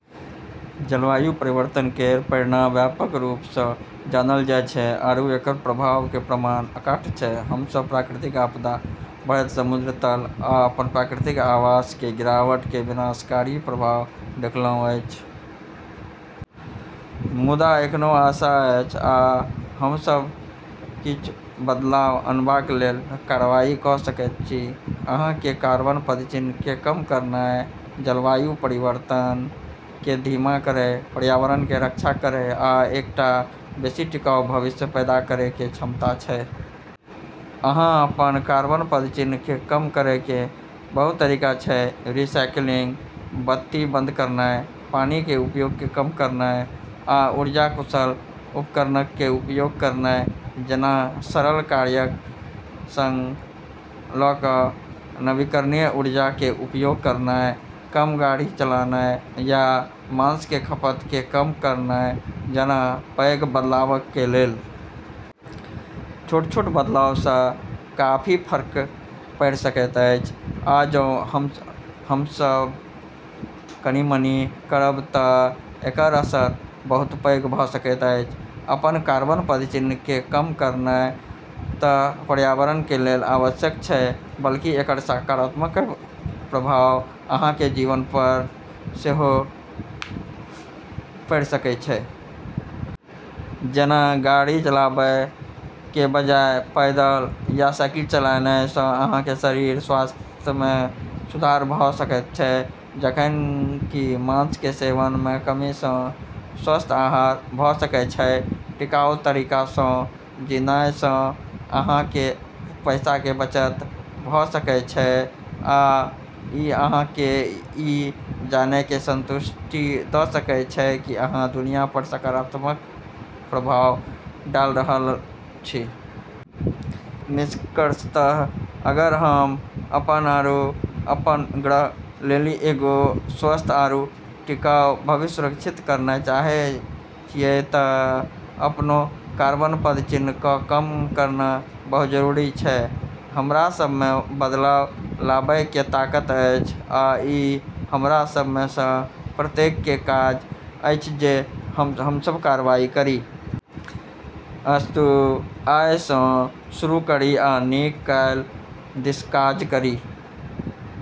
जलवायु परिवर्तन केर परिणाम व्यापक रूप स जानल जाय छै, आरू एकर प्रभाव के प्रमाण अकाट्य छै। हम सब प्राकृतिक आपदा, बढ़ैत समुद्र तल, आ अपन प्राकृतिक आवास के गिरावट के विनाशकारी प्रभाव देखलहुं अछि। मुदा एखनो आशा अछि, आ हम सब किछु बदलाव अनबाक लेल कार्रवाई क सकैत छी। अहां के कार्बन पदचिह्न के कम करनाय जलवायु परिवर्तन के धीमा करय, पर्यावरण के रक्षा करय आ एकटा बेसि टिकाऊ भविष्य पैदा करय के क्षमता छै। अहां अपन कार्बन पदचिह्न के कम करय के बहुत तरीका छै, रिसाइकिलिंग, बत्ती बंद करनाय, पानी के उपयोग के कम करनाय, आ ऊर्जा-कुशल उपकरणक के उपयोग करनाय जैना सरल कार्यक सं ल क नवीकरणीय ऊर्जा के उपयोग करनाय, कम गाड़ी चलानाय, या मांस के खपत के कम करनाय जैना पैघ बदलावक के लेल। छोट-छोट बदलाव स काफी फर्क पड़ि सकैत अछि, आ जौं हम सब कनि-मनि करब त एकर असर बहुत पैघ भ सकैत अछि। अपन कार्बन पदचिह्न के कम करनाय त पर्यावरण के लेल आवश्यक छै, बल्कि एकर सकारात्मक प्रभाव अहां के जीवन पर सेहो पड़ि सकय छै। जेना, गाड़ी चलाबय के बजाय पैदल या साइकिल चलानाय सं अहां के शारीरिक स्वास्थ्य मे सुधार भ सकएयत छै, जखन कि मांस के सेवन मे कमी सं स्वस्थ आहार भ सकएय छै। टिकाऊ तरीका सं जीनाय सं अहां के पैसा के बचत भ सकय छै, आ इ अहां के इ जानय के संतुष्टि द सकय छै कि अहां दुनिया पर सकारात्मक प्रभाव डाल रहल छी। निष्कर्षतः, अगर हम अपन आरू अपन ग्रह लेली एगो स्वस्थ आरू टिकाऊ भविष्य सुरक्षित करना चाहै छियै त आपनो कार्बन पदचिह्न क कम करना बहुत जरूरी छै। हमरा सब में बदलाव लाबय के ताकत अछि, आ ई हमरा सब में स प्रत्येक के काज अछि जे हम सब कार्रवाई करी। अस्तु, आइ सं शुरू करी आ नीक काल्हि दिस काज करी।